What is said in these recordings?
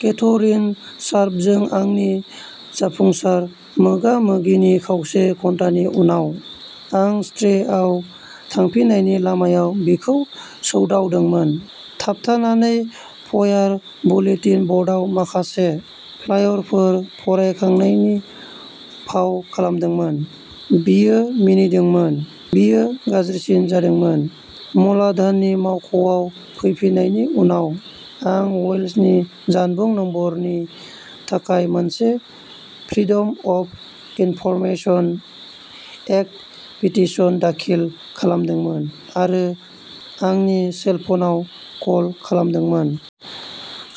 Catherine शार्पजों आंनि जाफुंसार मोगा-मोगिनि खावसे घन्टानि उनाव, आं स्ट्रे आव थांफिन्नायनि लामायाव बिखौ सौदावदोंमोन। थाबथानानै फयार बुलेटिन ब'र्डआव माखासे फ्लायरफोर फरायनायनि फाव खालामदोंमोन। बियो मिनिदोंमोन। बेयो गाज्रिसिन जादोंमोन। म'लाघाननि मावख'आव फैफिन्नायनि उनाव, आं वेल्चनि जानबुं नम्बरनि थाखाय मोनसे freedom of information act petition दाखिल खालामदोंमोन आरो आंनि सेलफोनआव कल खालामदोंमोन।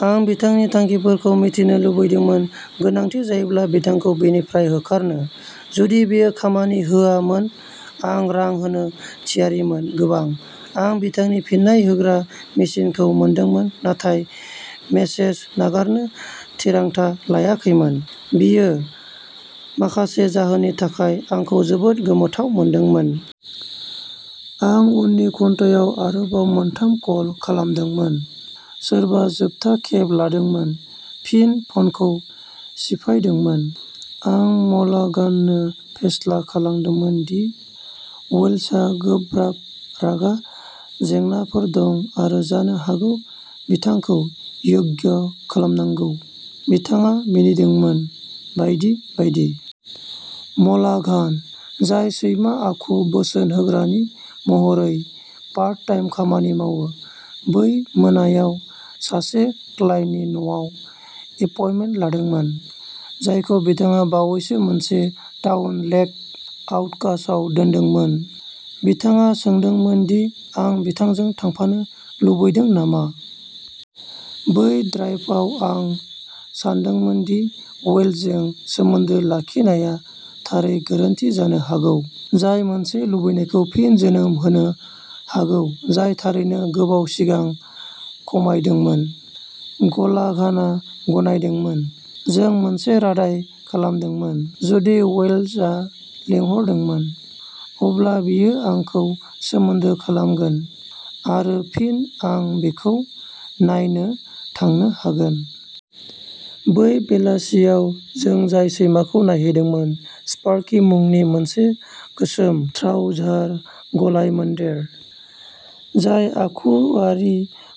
आं बिथांनि थांखिफोरखौ मिथिनो लुगैदोंमोन, गोनांथि जायोब्ला बिथांखौ बेनिफ्राय होखारनो। जुदि बेयो खामानि होआमोन, आं रां होनो थियारिमोन। गोबां। आं बिथांनि फिन्नाय होग्रा मेसिनखौ मोनदोंमोन नाथाय मेसेज नागारनो थिरांथा लायाखैमोन। बेयो, माखासे जाहोननि थाखाय, आंखौ जोबोद गोमोथाव मोनदोंमोन। आं उननि घन्टायाव आरोबाव मोनथाम कल खालामदोंमोन। सोरबा जोबथा खेब लादोंमोन, फिन फनखौ सिफायदोंमोन। आं म'लाघाननो फेस्ला खालामदोंमोन दि वेल्चहा गोब्राब रागा जेंनाफोर दं आरो जानो हागौ बिथांखौ अयोग्य खालामनांगौ। बिथाङा मिनिदोंमोन। बायदि बायदि। म'लाघान, जाय सैमा-आखु बोसोन होग्रानि महरै पार्ट टाइम खामानि मावो, बै मोनायाव सासे क्लाइन्टनि न'आव एपइन्टमेन्ट लादोंमोन। जायखौ बिथाङा बावैसो मोनसे टाउन लेक आउटकास्टआव दोनदोंमोन। बिथाङा सोंदोंमोन दि आं बिथांजों थांफानो लुबैदों नामा। बै ड्राइभआव आं सानदोंमोन दि वेल्चजों सोमोन्दो लाखिनाया थारै गोरोन्थि जानो हागौ, जाय मोनसे लुबैनायखौ फिन जोनोम होनो हागौ जाय थारैनो गोबाव सिगां खमायदोंमोन। म'लाघाना गनायदोंमोन। जों मोनसे रादाइ खालामदोंमोन। जुदि वेल्चआ लिंहरदोंमोन, अब्ला बियो आंखौ सोमोन्दो खालामगोन, आरो फिन आं बिखौ नायनो थांनो हागोन। बै बेलासियाव जों जाय सैमाखौ नायहैदोंमोन, स्पार्कि मुंनि मोनसे गोसोम श्नाउजार गलायमोन्देर, जाय आखुयारि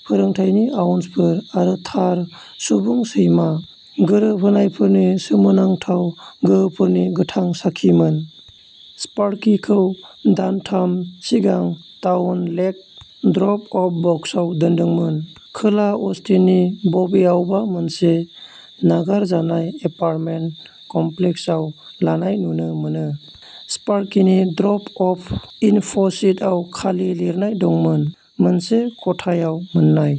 फोरोंथायनि आउन्सफोर आरो थार सुबुं-सैमा गोरोबहोनायफोरनि सोमोनांथाव गोहोफोरनि गोथां साखिमोन। स्पार्किखौ दानथाम सिगां टाउन लेक ड्रप-अफ बक्सआव दोनदोंमोन। खोला अस्टिननि बबेयावबा मोनसे नागारजानाय एपार्टमेन्ट कमप्लेक्सआव लानाय नुनो मोनो, स्पार्किनि ड्रप-अफ इनफ'शीटआव खालि लिरनाय दंमोन, "मोनसे खथायाव मोन्नाय।